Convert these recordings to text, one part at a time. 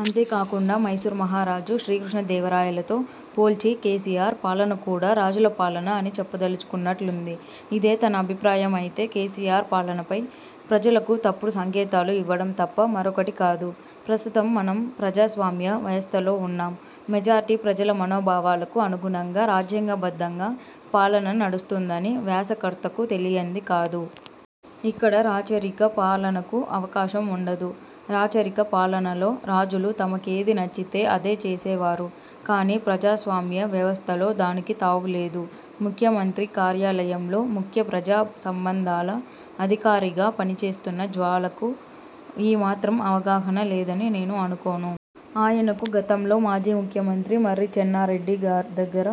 అంతే కాకుండా మైసూర్ మహారాజు, శ్రీకృష్ణ దేవరాయలతో పోల్చి కేసీఆర్ పాలన కూడా రాజుల పాలన అని చెప్పదలుచుకున్నట్లుంది. ఇదే తన అభిప్రాయమైతే కేసీఆర్ పాలనపై ప్రజలకు తప్పుడు సంకేతాలు ఇవ్వడం తప్ప మరొకటి కాదు. ప్రస్తుతం మనం ప్రజాస్వామ్య వ్యవస్థలో ఉన్నాం. మెజార్టీ ప్రజల మనోభావాలకు అనుగుణంగా రాజ్యాంగబద్ధంగా పాలన నడుస్తుందని వ్యాసకర్తకు తెలియంది కాదు. ఇక్కడ రాచరిక పాలనకు అవకాశం ఉండదు. రాచరిక పాలనలో రాజులు తమకేది నచ్చితే అదే చేసేవారు. కానీ ప్రజాస్వామ్య వ్యవస్థలో దానికి తావు లేదు. ముఖ్యమంత్రి కార్యాలయంలో ముఖ్య ప్రజా సంబంధాల అధికారిగా పని చేస్తున్న జ్వాలాకు ఈ మాత్రం అవగాహన లేదని నేను అనుకోను. ఆయనకు గతంలో మాజీ ముఖ్యమంత్రి మర్రి చెన్నారెడ్డి దగ్గర,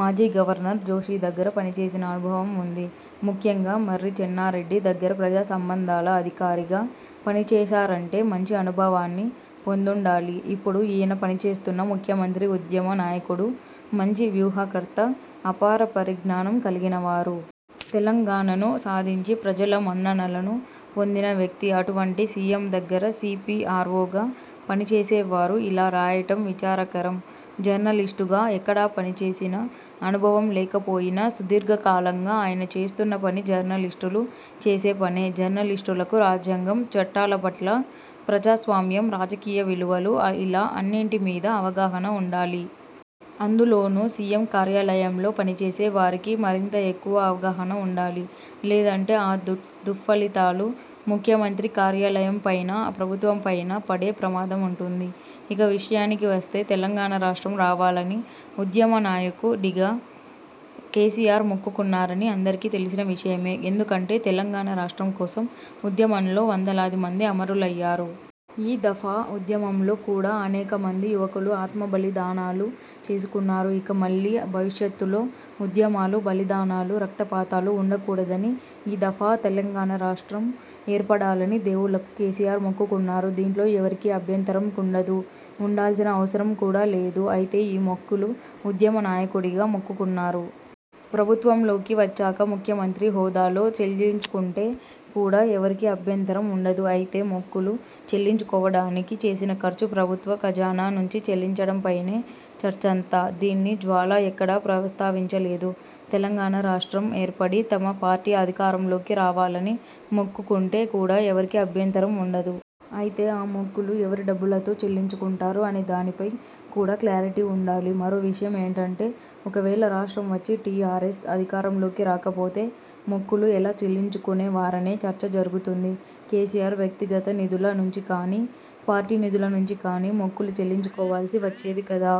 మాజీ గవర్నర్ జోషి దగ్గర పని చేసిన అనుభవం ఉంది. ముఖ్యంగా మర్రి చెన్నారెడ్డి దగ్గర ప్రజాసంబంధాల అధికారిగా పనిచేశారంటే మంచి అనుభవాన్ని పొందుండాలి. ఇప్పుడు ఈయన పనిచేస్తున్న ముఖ్యమంత్రి ఉద్యమ నాయకుడు, మంచి వ్యూహకర్త, అపార పరిజ్ఞానం కలిగినవారు. తెలంగాణను సాధించి ప్రజల మన్ననలను పొందిన వ్యక్తి. అటువంటి సీఎం దగ్గర సీపీఆర్వోగా పనిచేసే వారు ఇలా రాయటం విచారకరం. జర్నలిస్టుగా ఎక్కడా పనిచేసిన అనుభవం లేకపోయినా, సుదీర్ఘకాలంగా ఆయన చేస్తున్న పని జర్నలిస్టులు చేసే పనే. జర్నలిస్టులకు రాజ్యాంగం, చట్టాల పట్లా, ప్రజాస్వామ్యం, రాజకీయ విలువలు ఇలా అన్నింటి మీద అవగాహన ఉండాలి. అందులోనూ సీఎం కార్యాలయంలో పనిచేసే వారికి మరింత ఎక్కువ అవగాహన ఉండాలి. లేదంటే ఆ దుష్ఫలితాలు ముఖ్యమంత్రి కార్యాలయంపైనా, ప్రభుత్వంపైనా పడే ప్రమాదముంటుంది. ఇక విషయానికి వస్తే తెలంగాణ రాష్ట్రం రావాలని ఉద్యమ నాయకు డిగా కేసీఆర్ మొక్కుకున్నారని అందరికీ తెలిసిన విషయమే. ఎందుకంటే తెలంగాణ రాష్ట్రం కోసం ఉద్యమంలో వందలాది మంది అమరులయ్యారు. ఈ దఫా ఉద్యమంలో కూడా అనేక మంది యువకులు ఆత్మబలిదానాలు చేసుకున్నారు. ఇక మళ్లీ భవిష్యత్తులో ఉద్యమాలు, బలిదానాలు, రక్తపాతాలు ఉండకూడదని ఈ ధఫా తెలంగాణ రాష్ట్రం ఏర్పడాలని దేవుళ్లకు కేసీఆర్ మొక్కుకున్నారు. దీంట్లో ఎవరికీ అభ్యంతరం ఉండదూ, ఉండాల్సిన అవసరం కూడా లేదు. అయితే ఈ మొక్కులు ఉద్యమ నాయకుడిగా మొక్కుకున్నారు. ప్రభుత్వంలోకి వచ్చాక ముఖ్యమంత్రి హోదాలో చెల్లించుకుంటే కూడా ఎవరికీ అభ్యంతరం ఉండదు. అయితే మొక్కులు చెల్లించుకోవడానికి చేసిన ఖర్చు ప్రభుత్వ ఖజానా నుంచి చెల్లించడంపైనే చర్చంతా. దీన్ని జ్వాలా ఎక్కడా ప్రస్తావించలేదు. తెలంగాణ రాష్ట్రం ఏర్పడి తమ పార్టీ అధికారంలోకి రావాలని మొక్కుకుంటే కూడా ఎవరికీ అభ్యంతరం ఉండదు. అయితే ఆ మొక్కులు ఎవరి డబ్బులతో చెల్లించుకుంటారు అనే దానిపై కూడా క్లారిటీ ఉండాలి. మరో విషయం ఏంటంటే, ఒకవేళ రాష్ట్రం వచ్చి టీఆర్ఎస్ అధికారంలోకి రాకపోతే మొక్కులు ఎలా చెల్లించుకునే వారనే చర్చ జరుగుతుంది. కేసీఆర్ వ్యక్తిగత నిధుల నుంచి కానీ, పార్టీ నిధుల నుంచి కానీ మొక్కులు చెల్లించుకోవాల్సి వచ్చేది కదా?